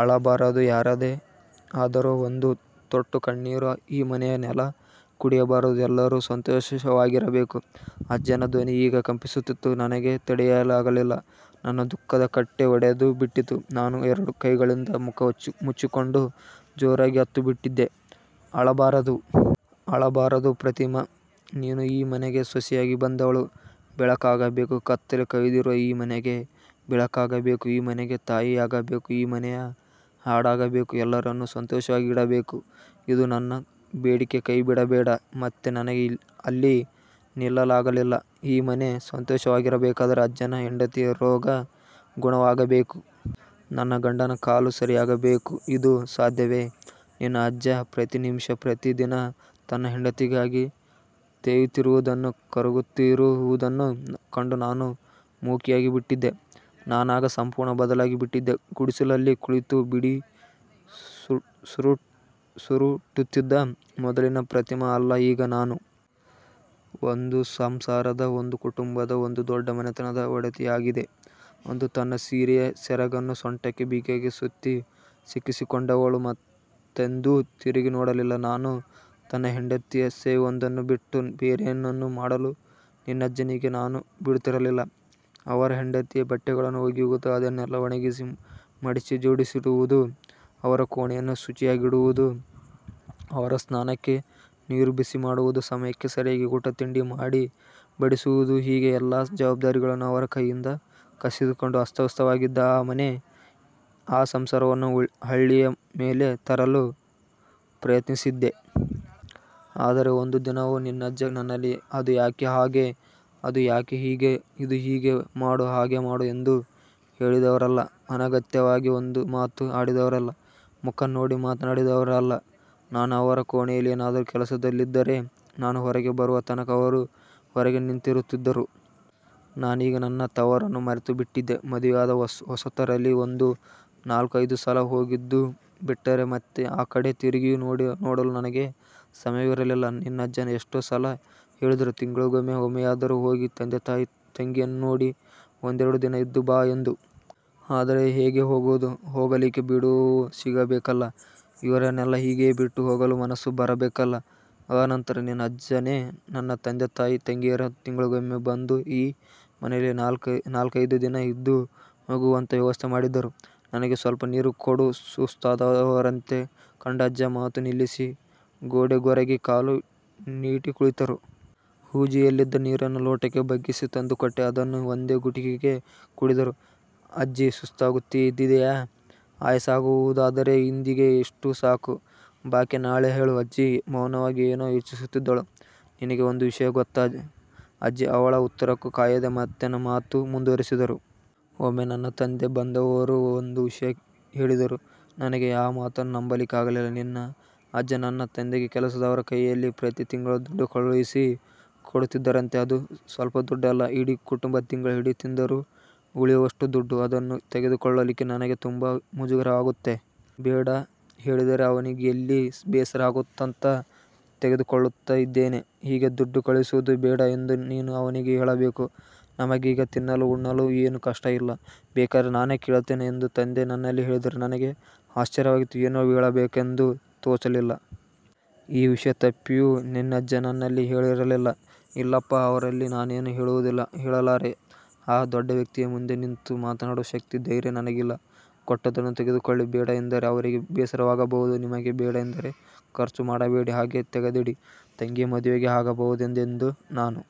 ಅಳಬಾರದು, ಯಾರದೇ ಆದರೂ ಒಂದು ತೊಟ್ಟು ಕಣ್ಣೀರು ಈ ಮನೆಯ ನೆಲ ಕುಡಿಯಬಾರದು. ಎಲ್ಲರೂ ಸಂತೋಷವಾಗಿರಬೇಕು. '' ಅಜ್ಜನ ಧ್ವನಿ ಈಗ ಕಂಪಿಸುತ್ತಿತ್ತು. ನನಗೆ ತಡೆಯಲಾಗಲಿಲ್ಲ. ನನ್ನ ದುಃಖದ ಕಟ್ಟೆ ಒಡೆದೇ ಬಿಟ್ಟಿತ್ತು. ನಾನು ಎರಡು ಕೈಗಳಿಂದಲೂ ಮುಖ ಮುಚ್ಚಿಕೊಂಡು ಜೋರಾಗಿ ಅತ್ತು ಬಿಟ್ಟಿದ್ದೆ. ''ಅಳಬಾರದು. ಅಳಬಾರದು ಪ್ರತಿಮಾ. ನೀನು ಈ ಮನೆಗೆ ಸೊಸೆಯಾಗಿ ಬಂದವಳು. ಬೆಳಕಾಗಬೇಕು. ಕತ್ತಲೆ ಕವಿದಿರುವ ಈ ಮನೆಗೆ ಬೆಳಕಾಗಬೇಕು. ಈ ಮನೆಗೆ ತಾಯಿಯಾಗಬೇಕು. ಈ ಮನೆಯ ಹಾಡಾಗಬೇಕು. ಎಲ್ಲರನ್ನೂ ಸಂತೋಷವಾಗಿಡಬೇಕು. ಇದು ನನ್ನ ಬೇಡಿಕೆಕೈಬಿಡಬೇಡ'' ಮತ್ತೆ ನನಗೆ ಅಲ್ಲಿ ನಿಲ್ಲಲಾಗಲಿಲ್ಲ. ಈ ಮನೆ ಸಂತೋಷವಾಗಿರಬೇಕಾದರೆ ಅಜ್ಜನ ಹೆಂಡತಿಯ ರೋಗ ಗುಣವಾಗಬೇಕು. ನನ್ನ ಗಂಡನ ಕಾಲು ಸರಿಯಾಗಬೇಕುಇದು ಸಾಧ್ಯವೇ. ನಿನ್ನ ಅಜ್ಜ ಪ್ರತಿ ನಿಮಿಷ, ಪ್ರತಿ ದಿನ ತನ್ನ ಹೆಂಡತಿಗಾಗಿ ತೇಯುತ್ತಿರುವುದನ್ನು, ಕರಗುತ್ತಿರು ವುದನ್ನು ಕಂಡು ನಾನು ಮೂಕಿಯಾಗಿ ಬಿಟ್ಟಿದ್ದೆ. ನಾನಾಗ ಸಂಪೂರ್ಣ ಬದಲಾಗಿ ಬಿಟ್ಟಿದ್ದೆ. ಗುಡಿಸಲಲ್ಲಿ ಕುಳಿತು ಬೀಡಿ ಸುರುಟುತ್ತಿದ್ದ ಮೊದಲಿನ ಪ್ರತಿಮಾ ಅಲ್ಲ ಈಗ ನಾನು. ಒಂದು ಸಂಸಾರದ, ಒಂದು ಕುಟುಂಬದ, ಒಂದು ದೊಡ್ಡ ಮನೆತನದ ಒಡತಿಯಾಗಿದ್ದೆ. ಅಂದು ತನ್ನ ಸೀರೆಯ ಸೆರಗನ್ನು ಸೊಂಟಕ್ಕೆ ಬಿಗಿಯಾಗಿ ಸುತ್ತಿ ಸಿಕ್ಕಿಸಿಕೊಂಡವಳು ಮತ್ತೆಂದೂ ತಿರುಗಿ ನೋಡಲಿಲ್ಲ ನಾನು. ತನ್ನ ಹೆಂಡತಿಯ ಸೇವೆಯೊಂದನ್ನು ಬಿಟ್ಟು ಬೇರೇನನ್ನೂ ಮಾಡಲು ನಿನ್ನಜ್ಜನಿಗೆ ನಾನು ಬಿಡುತ್ತಿರಲಿಲ್ಲ. ಅವರ ಹೆಂಡತಿಯ ಬಟ್ಟೆಗಳನ್ನು ಒಗೆಯುವುದು, ಅದನ್ನೆಲ್ಲ ಒಣಗಿಸಿ, ಮಡಚಿ ಜೋಡಿಸಿಡುವುದು, ಅವರ ಕೋಣೆಯನ್ನು ಶುಚಿಯಾಗಿಡುವುದು, ಅವರ ಸ್ನಾನಕ್ಕೆ ನೀರು ಬಿಸಿ ಮಾಡುವುದು, ಸಮಯಕ್ಕೆ ಸರಿಯಾಗಿ ಊಟ ತಿಂಡಿ ಮಾಡಿ ಬಡಿಸುವುದುಹೀಗೆ ಎಲ್ಲ ಜವಾಬ್ದಾರಿಗಳನ್ನೂ ಅವರ ಕೈಯಿಂದ ಕಸಿದುಕೊಂಡು ಅಸ್ತವ್ಯಸ್ತವಾಗಿದ್ದ ಆ ಮನೆ, ಆ ಸಂಸಾರವನ್ನು ಹಳಿಯ ಮೇಲೆ ತರಲು ಪ್ರಯತ್ನಿಸಿದ್ದೆ. ಆದರೆ ಒಂದು ದಿನವೂ ನಿನ್ನಜ್ಜ ನನ್ನಲ್ಲಿ ಅದು ಯಾಕೆ ಹಾಗೆ, ಅದು ಯಾಕೆ ಹೀಗೆ. ಇದು ಹೀಗೆ ಮಾಡು- ಹಾಗೆ ಮಾಡು ಎಂದು ಹೇಳಿದವರಲ್ಲ. ಅನಗತ್ಯವಾಗಿ ಒಂದು ಮಾತೂ ಆಡಿದವರಲ್ಲ. ಮುಖ ನೋಡಿ ಮಾತನಾಡಿದವರಲ್ಲ. ನಾನು ಅವರ ಕೋಣೆಯಲ್ಲಿ ಏನಾದರೂ ಕೆಲಸದಲ್ಲಿದ್ದರೆ ನಾನು ಹೊರಗೆ ಬರುವ ತನಕ ಅವರು ಹೊರಗೇ ನಿಂತಿರುತ್ತಿದ್ದರು. ನಾನೀಗ ನನ್ನ ತವರನ್ನು ಮರೆತೇ ಬಿಟ್ಟಿದ್ದೆ. ಮದುವೆಯಾದ ಹೊಸತರಲ್ಲಿ ಒಂದು ನಾಲ್ಕು-ಐದು ಸಲ ಹೋಗಿದ್ದು ಬಿಟ್ಟರೆ ಮತ್ತೆ ಆ ಕಡೆ ತಿರುಗಿಯೂ ನೋಡಲು ನನಗೆ ಸಮಯವಿರಲಿಲ್ಲ. ನಿನ್ನಜ್ಜ ಎಷ್ಟೋ ಸಲ ಹೇಳಿದ್ದರು. ತಿಂಗಳಿಗೆ ಒಮ್ಮೆಯಾದರೂ ಹೋಗಿ ತಂದೆ-ತಾಯಿ-ತಂಗಿಯನ್ನು ನೋಡಿ ಒಂದೆರಡು ದಿನ ಇದ್ದು ಬಾ ಎಂದು. ಆದರೆ ಹೇಗೆ ಹೋಗುವುದು, ಹೋಗಲಿಕ್ಕೆ ಬಿಡುವು ಸಿಗಬೇಕಲ್ಲ. ಇವರನ್ನೆಲ್ಲ ಹೀಗೆಯೇ ಬಿಟ್ಟು ಹೋಗಲು ಮನಸ್ಸು ಬರಬೇಕಲ್ಲ. ಅನಂತರ ನಿನ್ನ ಅಜ್ಜನೇ ನನ್ನ ತಂದೆ-ತಾಯಿ ತಂಗಿಯರನ್ನು ತಿಂಗಳಿಗೊಮ್ಮೆ ಬಂದು ಈ ಮನೆಯಲ್ಲಿ ನಾಲ್ಕೆದು ದಿನ ಇದ್ದು ಹೋಗುವಂತಹ ವ್ಯವಸ್ಥೆ ಮಾಡಿದ್ದರು. ''ನನಗೆ ಸ್ವಲ್ಪನೀರು ಕೊಡು'' ಸುಸ್ತಾದವರಂತೆ ಕಂಡ ಅಜ್ಜಿ ಮಾತು ನಿಲ್ಲಿಸಿ ಗೋಡೆಗೊರಗಿ ಕಾಲು ನೀಟಿ ಕುಳಿತರು. ಹೂಜಿಯಲ್ಲಿದ್ದ ನೀರನ್ನು ಲೋಟಕ್ಕೆ ಬಗ್ಗಿಸಿ ತಂದುಕೊಟ್ಟೆ. ಅದನ್ನು ಒಂದೇ ಗುಟುಕಿಗೆ ಕುಡಿದರು. ''ಅಜ್ಜಿ, ಸುಸ್ತಾಗುತ್ತಿದೆಯಾ? ಆಯಾಸ ಆಗುವು ದಾದರೆ ಇಂದಿಗೆ ಇಷ್ಟು ಸಾಕು. ಬಾಕಿ ನಾಳೆ ಹೇಳಿ'' ಅಜ್ಜಿ ಮೌನವಾಗಿ ಏನೋ ಯೋಚಿಸುತ್ತಿದ್ದರು. ''ನಿನಗೆ ಒಂದು ವಿಷಯ ಗೊತ್ತಾ'' ಅಜ್ಜಿ ಅವಳ ಉತ್ತರಕ್ಕೂ ಕಾಯದೆ ಮತ್ತೆ ಮಾತು ಮುಂದುವರಿಸಿದರು. ಒಮ್ಮೆ ನನ್ನ ತಂದೆ ಬಂದವರು ಒಂದು ವಿಷಯ ಹೇಳಿದರು. ನನಗೆ ಆ ಮಾತನ್ನು ನಂಬಲಿಕ್ಕೆ ಆಗಲಿಲ್ಲ. ನಿನ್ನ ಅಜ್ಜ ನನ್ನ ತಂದೆಗೆ ಕೆಲಸದವರ ಕೈಯಲ್ಲಿ ಪ್ರತಿ ತಿಂಗಳೂ ದುಡ್ಡು ಕಳುಹಿಸಿ ಕೊಡುತ್ತಿದ್ದರಂತೆ. ಅದೂ ಸ್ವಲ್ಪದುಡ್ಡಲ್ಲ ಇಡೀ ಕುಟುಂಬ ತಿಂಗಳಿಡೀ ತಿಂದರೂ ಉಳಿಯುವಷ್ಟು ದುಡ್ಡು! ''ಅದನ್ನು ತೆಗೆದುಕೊಳ್ಳಲಿಕ್ಕೆ ನನಗೆ ತುಂಬಾ ಮುಜುಗರ ಆಗುತ್ತೆ. ಬೇಡ ಹೇಳಿದರೆ ಅವನಿಗೆಲ್ಲಿ ಬೇಸರ ಆಗುತ್ತಾಂತ ತೆಗೆದುಕೊಳ್ಳುತ್ತಾ ಇದ್ದೇನೆ. ಹೀಗೆ ದುಡ್ಡು ಕಳುಹಿಸುವುದು ಬೇಡ ಎಂದು ನೀನು ಅವನಿಗೆ ಹೇಳಬೇಕು. ನಮಗೀಗ ತಿನ್ನಲು ಉಣ್ಣಲು ಏನೂ ಕಷ್ಟ ಇಲ್ಲ. ಬೇಕಾದರೆ ನಾನೇ ಕೇಳ್ತೇನೆ'' ಎಂದು ತಂದೆ ನನ್ನಲ್ಲಿ ಹೇಳಿದರು. ನನಗೆ ಆಶ್ಚರ್ಯವಾಗಿತ್ತು. ಏನು ಹೇಳಬೇಕೆಂದೇ ತೋಚಲಿಲ್ಲ. ಈ ವಿಷಯ ತಪ್ಪಿಯೂ ನಿನ್ನಜ್ಜ ನನ್ನಲ್ಲಿ ಹೇಳಿರಲಿಲ್ಲ. ''ಇಲ್ಲಪ್ಪ, ಅವರಲ್ಲಿ ನಾನೇನೂ ಹೇಳುವುದಿಲ್ಲ. ಹೇಳಲಾರೆ. ಆ ದೊಡ್ಡವ್ಯಕ್ತಿಯ ಮುಂದೆ ನಿಂತು ಮಾತನಾಡುವ ಶಕ್ತಿ, ಧೈರ್ಯ ನನಗಿಲ್ಲ. ಕೊಟ್ಟದ್ದನ್ನು ತೆಗೆದುಕೊಳ್ಳಿ. ಬೇಡ ಎಂದರೆ ಅವರಿಗೆ ಬೇಸರವಾಗಬಹುದು. ನಿಮಗೆ ಬೇಡ ಎಂದರೆ ಖರ್ಚು ಮಾಡಬೇಡಿ. ಹಾಗೆಯೇ ತೆಗೆದಿಡಿ. ತಂಗಿಯ ಮದುವೆಗೆ ಆಗಬಹುದು'' ಎಂದಿದ್ದೆ ನಾನು.